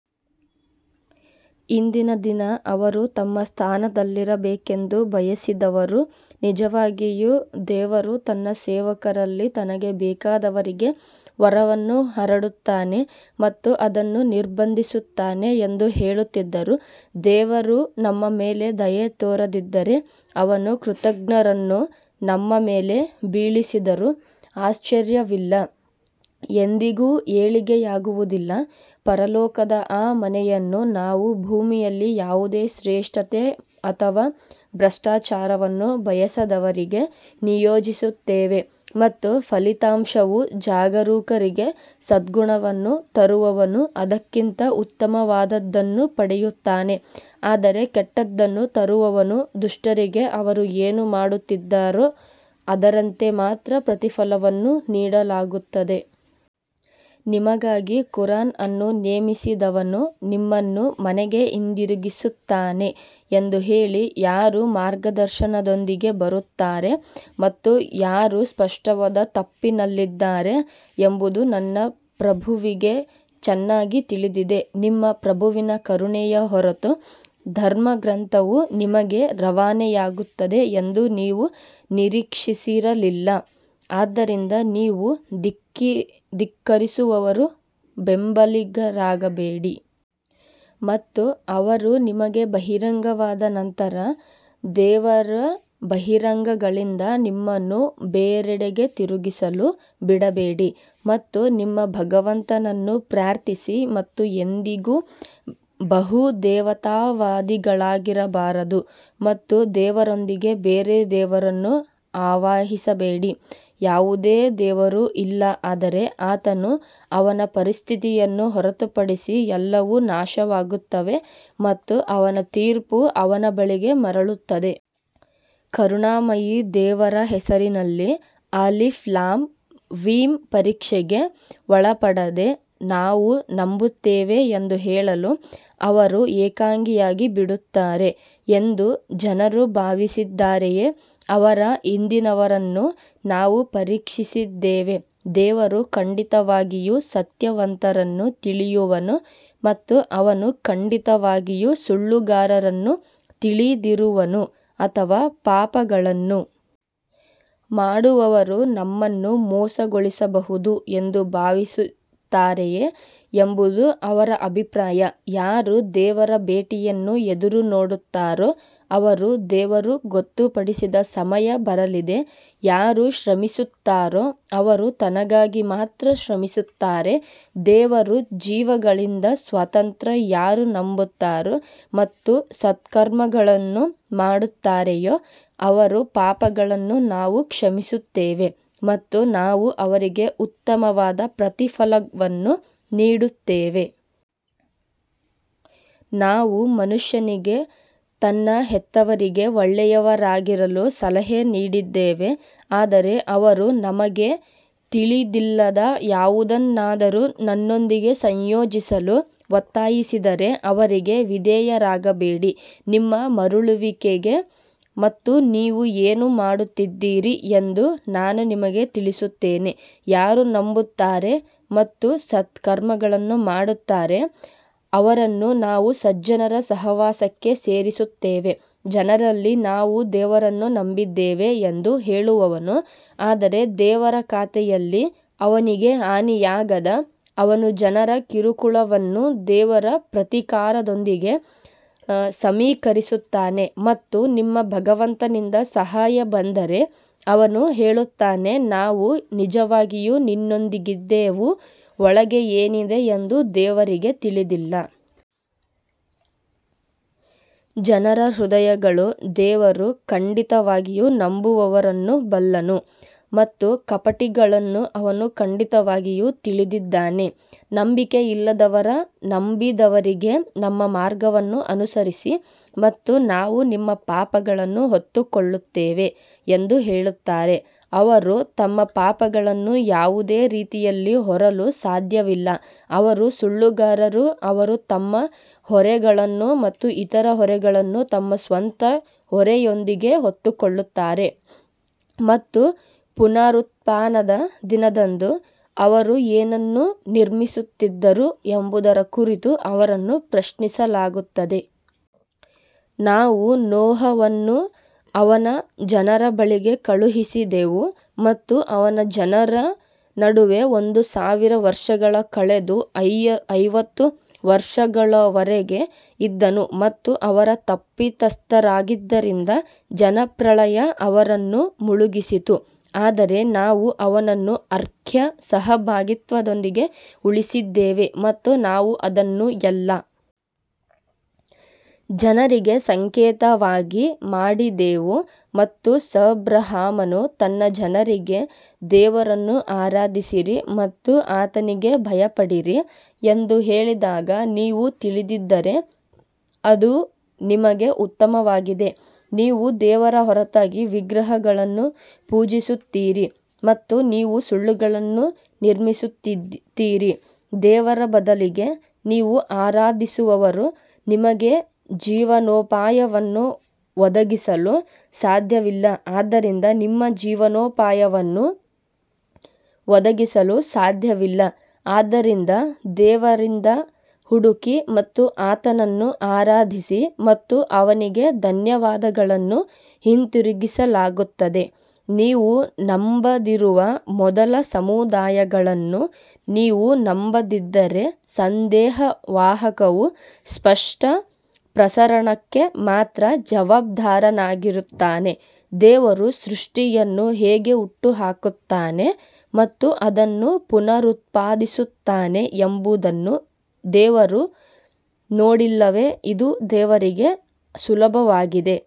ಹಿಂದಿನ ದಿನ ಅವರು ತಮ್ಮ ಸ್ಥಾನದಲ್ಲಿರಬೇಕೆಂದು ಬಯಸಿದವರು ನಿಜವಾಗಿಯೂ ದೇವರು ತನ್ನ ಸೇವಕರಲ್ಲಿ ತನಗೆ ಬೇಕಾದವರಿಗೆ ವರವನ್ನು ಹರಡುತ್ತಾನೆ ಮತ್ತು ಅದನ್ನು ನಿರ್ಬಂಧಿಸುತ್ತಾನೆ ಎಂದು ಹೇಳುತ್ತಿದ್ದರು, ದೇವರು ನಮ್ಮ ಮೇಲೆ ದಯೆ ತೋರದಿದ್ದರೆ ಅವನು ಕೃತಘ್ನರನ್ನು ನಮ್ಮ ಮೇಲೆ ಬೀಳಿಸಿದರೂ ಆಶ್ಚರ್ಯವಿಲ್ಲ. ಎಂದಿಗೂ ಏಳಿಗೆಯಾಗುವುದಿಲ್ಲ ಪರಲೋಕದ ಆ ಮನೆಯನ್ನು ನಾವು ಭೂಮಿಯಲ್ಲಿ ಯಾವುದೇ ಶ್ರೇಷ್ಠತೆ ಅಥವಾ ಭ್ರಷ್ಟಾಚಾರವನ್ನು ಬಯಸದವರಿಗೆ ನಿಯೋಜಿಸುತ್ತೇವೆ ಮತ್ತು ಫಲಿತಾಂಶವು ಜಾಗರೂಕರಿಗೆ ಸದ್ಗುಣವನ್ನು ತರುವವನು ಅದಕ್ಕಿಂತ ಉತ್ತಮವಾದದ್ದನ್ನು ಪಡೆಯುತ್ತಾನೆ ಆದರೆ ಕೆಟ್ಟದ್ದನ್ನು ತರುವವನು ದುಷ್ಟರಿಗೆ ಅವರು ಏನು ಮಾಡುತ್ತಿದ್ದಾರೋ ಅದರಂತೆ ಮಾತ್ರ ಪ್ರತಿಫಲವನ್ನು ನೀಡಲಾಗುತ್ತದೆ. ನಿಮಗಾಗಿ ಖುರಾನ್ ಅನ್ನು ನೇಮಿಸಿದವನು ನಿಮ್ಮನ್ನು ಮನೆಗೆ ಹಿಂದಿರುಗಿಸುತ್ತಾನೆ ಎಂದು ಹೇಳಿ, ಯಾರು ಮಾರ್ಗದರ್ಶನದೊಂದಿಗೆ ಬರುತ್ತಾರೆ ಮತ್ತು ಯಾರು ಸ್ಪಷ್ಟವಾದ ತಪ್ಪಿನಲ್ಲಿದ್ದಾರೆ ಎಂಬುದು ನನ್ನ ಪ್ರಭುವಿಗೆ ಚೆನ್ನಾಗಿ ತಿಳಿದಿದೆ. ನಿಮ್ಮ ಪ್ರಭುವಿನ ಕರುಣೆಯ ಹೊರತು ಧರ್ಮಗ್ರಂಥವು ನಿಮಗೆ ರವಾನೆಯಾಗುತ್ತದೆ ಎಂದು ನೀವು ನಿರೀಕ್ಷಿಸಿರಲಿಲ್ಲ ಆದ್ದರಿಂದ ನೀವು ಧಿಕ್ಕರಿಸುವವರ ಬೆಂಬಲಿಗರಾಗಬೇಡಿ. ಮತ್ತು ಅವರು ನಿಮಗೆ ಬಹಿರಂಗವಾದ ನಂತರ ದೇವರ ಬಹಿರಂಗಗಳಿಂದ ನಿಮ್ಮನ್ನು ಬೇರೆಡೆಗೆ ತಿರುಗಿಸಲು ಬಿಡಬೇಡಿ ಮತ್ತು ನಿಮ್ಮ ಭಗವಂತನನ್ನು ಪ್ರಾರ್ಥಿಸಿ ಮತ್ತು ಎಂದಿಗೂ ಬಹುದೇವತಾವಾದಿಗಳಾಗಿರಬಾರದು. ಮತ್ತು ದೇವರೊಂದಿಗೆ ಬೇರೆ ದೇವರನ್ನು ಆವಾಹಿಸಬೇಡಿ, ಯಾವುದೇ ದೇವರು ಇಲ್ಲ ಆದರೆ ಆತನು ಅವನ ಉಪಸ್ಥಿತಿಯನ್ನು ಹೊರತುಪಡಿಸಿ ಎಲ್ಲವೂ ನಾಶವಾಗುತ್ತವೆ ಮತ್ತು ಅವನ ತೀರ್ಪು ಅವನ ಬಳಿಗೆ ಮರಳುತ್ತದೆ. ಕರುಣಾಮಯಿ ದೇವರ ಹೆಸರಿನಲ್ಲಿ ಅಲಿಫ್ ಲಾಮ್ ಮೀಮ್ ಪರೀಕ್ಷೆಗೆ ಒಳಪಡದೆ ನಾವು ನಂಬುತ್ತೇವೆ ಎಂದು ಹೇಳಲು ಅವರು ಏಕಾಂಗಿಯಾಗಿ ಬಿಡುತ್ತಾರೆ ಎಂದು ಜನರು ಭಾವಿಸಿದ್ದಾರೆಯೇ ಅವರ ಹಿಂದಿನವರನ್ನು ನಾವು ಪರೀಕ್ಷಿಸಿದ್ದೇವೆ, ದೇವರು ಖಂಡಿತವಾಗಿಯೂ ಸತ್ಯವಂತರನ್ನು ತಿಳಿಯುವನು ಮತ್ತು ಅವನು ಖಂಡಿತವಾಗಿಯೂ ಸುಳ್ಳುಗಾರರನ್ನು ತಿಳಿದಿರುವನು ಅಥವಾ ಪಾಪಗಳನ್ನು ಮಾಡುವವರು ನಮ್ಮನ್ನು ಮೋಸಗೊಳಿಸಬಹುದು ಎಂದು ಭಾವಿಸುತ್ತಾರೆಯೇ ಎಂಬುದು ಅವರ ಅಭಿಪ್ರಾಯ ಯಾರು ದೇವರ ಭೇಟಿಯನ್ನು ಎದುರುನೋಡುತ್ತಾರೋ ಅವರು ದೇವರ ಗೊತ್ತುಪಡಿಸಿದ ಸಮಯ ಬರಲಿದೆ ಯಾರು ಶ್ರಮಿಸುತ್ತಾರೋ ಅವರು ತನಗಾಗಿ ಮಾತ್ರ ಶ್ರಮಿಸುತ್ತಾರೆ ದೇವರು ಜೀವಿಗಳಿಂದ ಸ್ವತಂತ್ರ ಯಾರು ನಂಬುತ್ತಾರೆ ಮತ್ತು ಸತ್ಕರ್ಮಗಳನ್ನು ಮಾಡುತ್ತಾರೆಯೋ ಅವರ ಪಾಪಗಳನ್ನು ನಾವು ಕ್ಷಮಿಸುತ್ತೇವೆ ಮತ್ತು ನಾವು ಅವರಿಗೆ ಉತ್ತಮವಾದ ಪ್ರತಿಫಲವನ್ನು ನೀಡುತ್ತೇವೆ. ನಾವು ಮನುಷ್ಯನಿಗೆ ತನ್ನ ಹೆತ್ತವರಿಗೆ ಒಳ್ಳೆಯವರಾಗಿರಲು ಸಲಹೆ ನೀಡಿದ್ದೇವೆ ಆದರೆ ಅವರು ನಿಮಗೆ ತಿಳಿದಿಲ್ಲದ ಯಾವುದನ್ನಾದರೂ ನನ್ನೊಂದಿಗೆ ಸಂಯೋಜಿಸಲು ಒತ್ತಾಯಿಸಿದರೆ ಅವರಿಗೆ ವಿಧೇಯರಾಗಬೇಡಿ ನಿಮ್ಮ ಮರಳುವಿಕೆ ಮತ್ತು ನೀವು ಏನು ಮಾಡುತ್ತಿದ್ದೀರಿ ಎಂದು ನಾನು ನಿಮಗೆ ತಿಳಿಸುತ್ತೇನೆ. ಯಾರು ನಂಬುತ್ತಾರೆ ಮತ್ತು ಸತ್ಕರ್ಮಗಳನ್ನು ಮಾಡುತ್ತಾರೆ ಅವರನ್ನು ನಾವು ಸಜ್ಜನರ ಸಹವಾಸಕ್ಕೆ ಸೇರಿಸುತ್ತೇವೆ ಜನರಲ್ಲಿ ನಾವು ದೇವರನ್ನು ನಂಬಿದ್ದೇವೆ ಎಂದು ಹೇಳುವವನು, ಆದರೆ ದೇವರ ಖಾತೆಯಲ್ಲಿ ಅವನಿಗೆ ಹಾನಿಯಾದಾಗ ಅವನು ಜನರ ಕಿರುಕುಳವನ್ನು ದೇವರ ಪ್ರತೀಕಾರದೊಂದಿಗೆ ಸಮೀಕರಿಸುತ್ತಾನೆ ಮತ್ತು ನಿಮ್ಮ ಭಗವಂತನಿಂದ ಸಹಾಯ ಬಂದರೆ ಅವನು ಹೇಳುತ್ತಾನೆ ನಾವು ನಿಜವಾಗಿಯೂ ನಿಮ್ಮೊಂದಿಗಿದ್ದೆವು ಒಳಗೆ ಏನಿದೆ ಎಂದು ದೇವರಿಗೆ ತಿಳಿದಿಲ್ಲ. ಜನರ ಹೃದಯಗಳು ದೇವರು ಖಂಡಿತವಾಗಿಯೂ ನಂಬುವವರನ್ನು ಬಲ್ಲನು ಮತ್ತು ಕಪಟಿಗಳನ್ನು ಅವನು ಖಂಡಿತವಾಗಿಯೂ ತಿಳಿದಿದ್ದಾನೆ ನಂಬಿಕೆಯಿಲ್ಲದವರು ನಂಬಿದವರಿಗೆ ನಮ್ಮ ಮಾರ್ಗವನ್ನು ಅನುಸರಿಸಿ ಮತ್ತು ನಾವು ನಿಮ್ಮ ಪಾಪಗಳನ್ನು ಹೊತ್ತುಕೊಳ್ಳುತ್ತೇವೆ ಎಂದು ಹೇಳುತ್ತಾರೆ ಅವರು ತಮ್ಮ ಪಾಪಗಳನ್ನು ಯಾವುದೇ ರೀತಿಯಲ್ಲಿ ಹೊರಲು ಸಾಧ್ಯವಿಲ್ಲ ಅವರು ಸುಳ್ಳುಗಾರರು ಅವರು ತಮ್ಮ ಹೊರೆಗಳನ್ನು ಮತ್ತು ಇತರ ಹೊರೆಗಳನ್ನು ತಮ್ಮ ಸ್ವಂತ ಹೊರೆಯೊಂದಿಗೆ ಹೊತ್ತುಕೊಳ್ಳುತ್ತಾರೆ ಮತ್ತು ಪುನರುತ್ಥಾನದ ದಿನದಂದು ಅವರು ಏನನ್ನು ನಿರ್ಮಿಸುತ್ತಿದ್ದರು ಎಂಬುದರ ಕುರಿತು ಅವರನ್ನು ಪ್ರಶ್ನಿಸಲಾಗುತ್ತದೆ. ನಾವು ನೋಹನನ್ನು ಅವನ ಜನರ ಬಳಿಗೆ ಕಳುಹಿಸಿದೆವು ಮತ್ತು ಅವನು ಅವರ ನಡುವೆ ಒಂದು ಸಾವಿರ ವರ್ಷಗಳು ಕಳೆದು ಐವತ್ತು ವರ್ಷಗಳವರೆಗೆ ಇದ್ದನು ಮತ್ತು ಅವರು ತಪ್ಪಿತಸ್ಥರಾಗಿದ್ದರಿಂದ ಜಲಪ್ರಳಯ ಅವರನ್ನು ಮುಳುಗಿಸಿತು. ಆದರೆ ನಾವು ಅವನನ್ನು ಆರ್ಕ್ನ ಸಹಭಾಗಿತ್ವದೊಂದಿಗೆ ಉಳಿಸಿದ್ದೇವೆ ಮತ್ತು ನಾವು ಅದನ್ನು ಎಲ್ಲಾ ಜನರಿಗೆ ಸಂಕೇತವಾಗಿ ಮಾಡಿದೆವು ಮತ್ತು ಅಬ್ರಹಾಮನು ತನ್ನ ಜನರಿಗೆ ದೇವರನ್ನು ಆರಾಧಿಸಿರಿ ಮತ್ತು ಆತನಿಗೆ ಭಯಪಡಿರಿ ಎಂದು ಹೇಳಿದಾಗ ನೀವು ತಿಳಿದಿದ್ದರೆ ಅದು ನಿಮಗೆ ಉತ್ತಮವಾಗಿದೆ ನೀವು ದೇವರ ಹೊರತಾಗಿ ವಿಗ್ರಹಗಳನ್ನು ಪೂಜಿಸುತ್ತೀರಿ ಮತ್ತು ನೀವು ಸುಳ್ಳುಗಳನ್ನು ನಿರ್ಮಿಸುತ್ತೀರಿ ದೇವರ ಬದಲಿಗೆ ನೀವು ಆರಾಧಿಸುವವರು ನಿಮಗೆ ಜೀವನೋಪಾಯವನ್ನು ಒದಗಿಸಲು ಸಾಧ್ಯವಿಲ್ಲ ಆದ್ದರಿಂದ ನಿಮ್ಮ ಜೀವನೋಪಾಯವನ್ನು ದೇವರಿಂದ ಹುಡುಕಿ ಮತ್ತು ಆತನನ್ನು ಆರಾಧಿಸಿ ಮತ್ತು ಅವನಿಗೆ ಧನ್ಯವಾದಗಳನ್ನು ಹಿಂತಿರುಗಿಸಲಾಗುತ್ತದೆ ನೀವು ನಂಬದಿರುವ ಮೊದಲು ಸಮುದಾಯಗಳನ್ನು ನೀವು ನಂಬದಿದ್ದರೆ, ಸಂದೇಶವಾಹಕವು ಸ್ಪಷ್ಟ ಪ್ರಸರಣಕ್ಕೆ ಮಾತ್ರ ಜವಾಬ್ದಾರನಾಗಿರುತ್ತಾನೆ ದೇವರು ಸೃಷ್ಟಿಯನ್ನು ಹೇಗೆ ಹುಟ್ಟುಹಾಕುತ್ತಾನೆ ಮತ್ತು ಅದನ್ನು ಪುನರುತ್ಪಾದಿಸುತ್ತಾನೆ ಎಂಬುದನ್ನು ಅವರು ನೋಡಿಲ್ಲವೇ ಇದು ದೇವರಿಗೆ ಸುಲಭವಾಗಿದೆ.